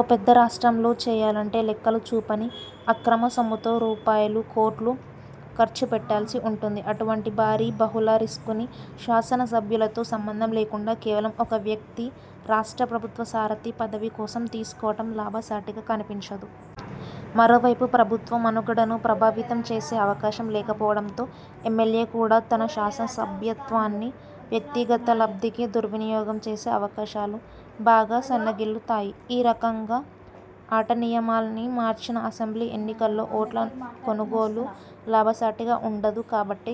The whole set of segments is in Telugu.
ఓ పెద్ద రాష్ట్రంలో చేయాలంటే లెక్కలు చూపని, అక్రమ సొమ్ముతో రూపాయలు కోట్లు ఖర్చు పెట్టాల్సి ఉంటుంది. అటువంటి భారీ, బహుళ రిస్కుని శాసన సభ్యులతో సంబంధం లేకుండా కేవలం ఒక వ్యక్తి రాష్ట్ర ప్రభుత్వ సారథి పదవి కోసం తీసుకోవటం లాభసాటిగా కనిపించదు. మరోవైపు, ప్రభుత్వ మనుగడను ప్రభావితం చేసే అవకాశం లేకపోవటంతో ఎమ్మెల్యే కూడా తన శాసనసభ్యత్వాన్ని వ్యక్తిగత లబ్ధికి దుర్వినియోగం చేసే అవకాశాలు బాగా సన్నగిల్లుతాయి. ఈ రకంగా ఆటనియమాల్ని మార్చిన అసెంబ్లీ ఎన్నికల్లో ఓట్ల కొనుగోలు లాభసాటిగా ఉండదు కాబట్టి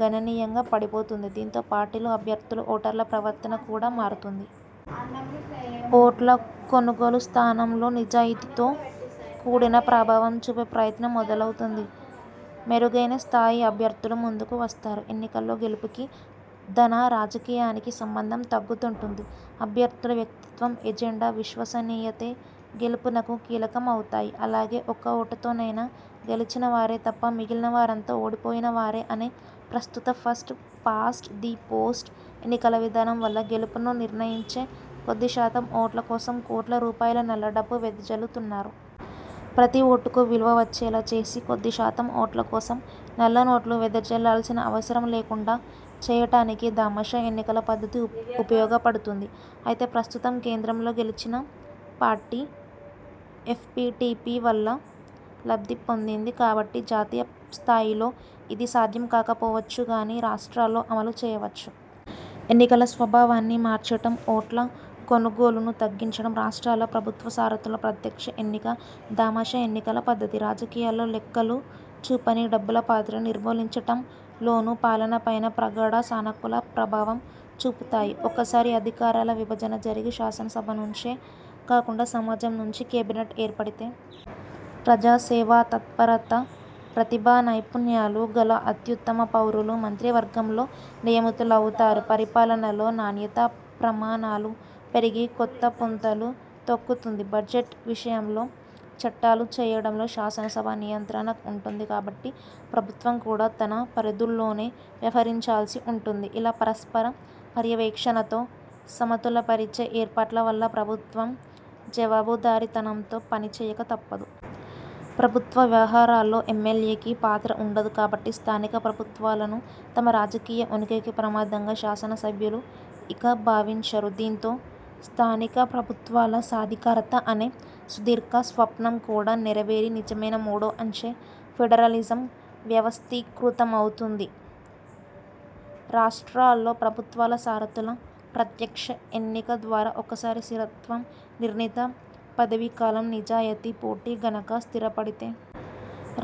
గణనీయంగా పడిపోతుంది. దీంతో పార్టీలు, అభ్యర్థులు, ఓటర్ల ప్రవర్తన కూడా మారుతుంది. ఓట్ల కొనుగోలు స్థానంలో.. నిజాయతీతో కూడిన ప్రభావం చూపే ప్రయత్నం మొదలవుతుంది. మెరుగైన స్థాయి అభ్యర్థులు ముందుకు వస్తారు. ఎన్నికల్లో గెలుపుకి, ధన రాజకీయానికి సంబంధం తగ్గుతుంటుంది. అభ్యర్థుల వ్యక్తిత్వం, ఎజెండా, విశ్వసనీయతే గెలుపునకు కీలకమవుతాయి. అలాగే ఒక్క ఓటుతోనైనా గెలిచినవారే తప్ప మిగిలినవారంతా ఓడిపోయినవారే అనే ప్రస్తుత ఫస్ట్– పాస్ట్– ది– పోస్ట్ ఎన్నికల విధానం వల్ల గెలుపును నిర్ణయించే కొద్దిశాతం ఓట్ల కోసం కోట్ల రూపాయల నల్లడబ్బు వెదజల్లుతున్నారు. ప్రతి ఓటుకూ విలువ వచ్చేలా చేసి, కొద్ది శాతం ఓట్ల కోసం నల్ల నోట్లు వెదజల్లాల్సిన అవసరం లేకుండా చేయటానికి దామాషా ఎన్నికల పద్ధతి ఉపయోగపడుతుంది. అయితే ప్రస్తుతం కేంద్రంలో గెలిచిన పార్టీ ఎఫ్పీటీపీ వల్ల లబ్ధి పొందింది గాబట్టి.. జాతీయస్థాయిలో ఇది సాధ్యం కాకపోవచ్చుగానీ, రాష్ట్రాల్లో అమలు చేయవచ్చు. ఎన్నికల స్వభావాన్ని మార్చటం, ఓట్లకొనుగోలుని తగ్గించటం, రాష్ట్రాల్లో ప్రభుత్వ సారథుల ప్రత్యక్ష ఎన్నిక, దామాషా ఎన్నికల పద్ధతి.. రాజకీయాల్లో లెక్కలు చూపని డబ్బుల పాత్రని నిర్మూలించటంలోనూ, పాలనపైనా ప్రగాఢ సానుకూల ప్రభావం చూపుతాయి. ఒక్కసారి అధికారాల విభజన జరిగి, శాసనసభ నుంచే కాకుండా సమాజం నుంచి కేబినెట్ ఏర్పడితే.. ప్రజాసేవాతత్పరత, ప్రతిభానైపుణ్యాలు గల అత్యుత్తమ పౌరులు మంత్రివర్గంలో నియమితులవుతారు. పరిపాలనలో నాణ్యతా ప్రమాణాలు పెరిగి కొత్తపుంతలు తొక్కుతుంది. బడ్జెట్ విషయంలో, చట్టాలు చేయటంలో శాసనసభ నియంత్రణ ఉంటుంది కాబట్టి ప్రభుత్వం కూడా తన పరిధుల్లోనే వ్యవహరించాల్సి ఉంటుంది. ఇలా పరస్పర పర్యవేక్షణతో సమతులపరిచే ఏర్పాట్ల వల్ల ప్రభుత్వం జవాబుదారీతనంతో పనిచేయక తప్పదు. ప్రభుత్వ వ్యవహారాల్లో ఎమ్మెల్యేకి పాత్ర ఉండదు కాబట్టి, స్థానిక ప్రభుత్వాలను తమ రాజకీయ ఉనికికి ప్రమాదంగా శాసనసభ్యులు ఇక భావించరు. దీంతో స్థానికప్రభుత్వాల సాధికారత అనే సుదీర్ఘ స్వప్నం కూడా నెరవేరి నిజమైన మూడో అంచె ఫెడరలిజం వ్యవస్థీకృతమవుతుంది. రాష్ట్రాల్లో ప్రభుత్వాల సారథుల ప్రత్యక్ష ఎన్నిక ద్వారా ఒక్కసారి స్థిరత్వం, నిర్ణీత పదవీకాలం, నిజాయతీ, పోటీ గనక స్థిరపడితే..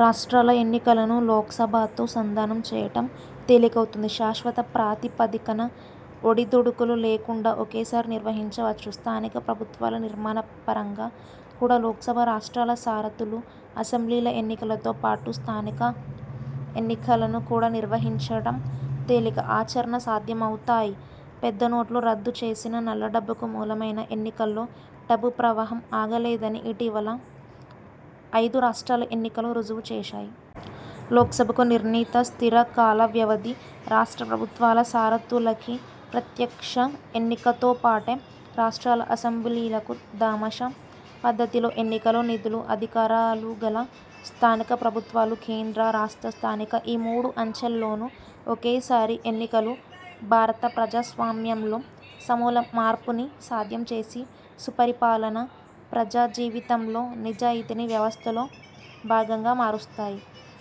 రాష్ట్రాల ఎన్నికలను లోక్సభతో సంధానం చేయటం తేలికవుతుంది. శాశ్వత ప్రాతిపదికన, ఒడిదుడుకులు లేకుండా ఒకేసారి నిర్వహించవచ్చు. స్థానిక ప్రభుత్వాల నిర్మాణపరంగా కూడా లోక్సభ, రాష్ట్రాల సారథులు, అసెంబ్లీల ఎన్నికలతో పాటు స్థానిక ఎన్నికలను కూడా నిర్వహించటం తేలిక, ఆచరణ సాధ్యమవుతాయి. పెద్ద నోట్లు రద్దు చేసినా నల్లడబ్బుకు మూలమైన ఎన్నికల్లో డబ్బు ప్రవాహం ఆగలేదని ఇటీవల ఐదు రాష్ట్రాల ఎన్నికలు రుజువు చేశాయి. లోక్సభకు నిర్ణీత స్థిర కాలవ్యవధి, రాష్ట్ర ప్రభుత్వాల సారథులకి ప్రత్యక్ష ఎన్నికతోపాటే రాష్ట్రాల అసెంబ్లీలకు దామాషా పద్ధతిలో ఎన్నికలు, నిధులు, అధికారాలుగల స్థానిక ప్రభుత్వాలు, కేంద్ర రాష్ట్ర స్థానిక ఈ మూడు అంచెల్లోనూ ఒకేసారి ఎన్నికలు.. భారత ప్రజాస్వామ్యంలో సమూల మార్పుని సాధ్యం చేసి సుపరిపాలన, ప్రజాజీవితంలో నిజాయితీని వ్యవస్థలో భాగంగా మారుస్తాయి.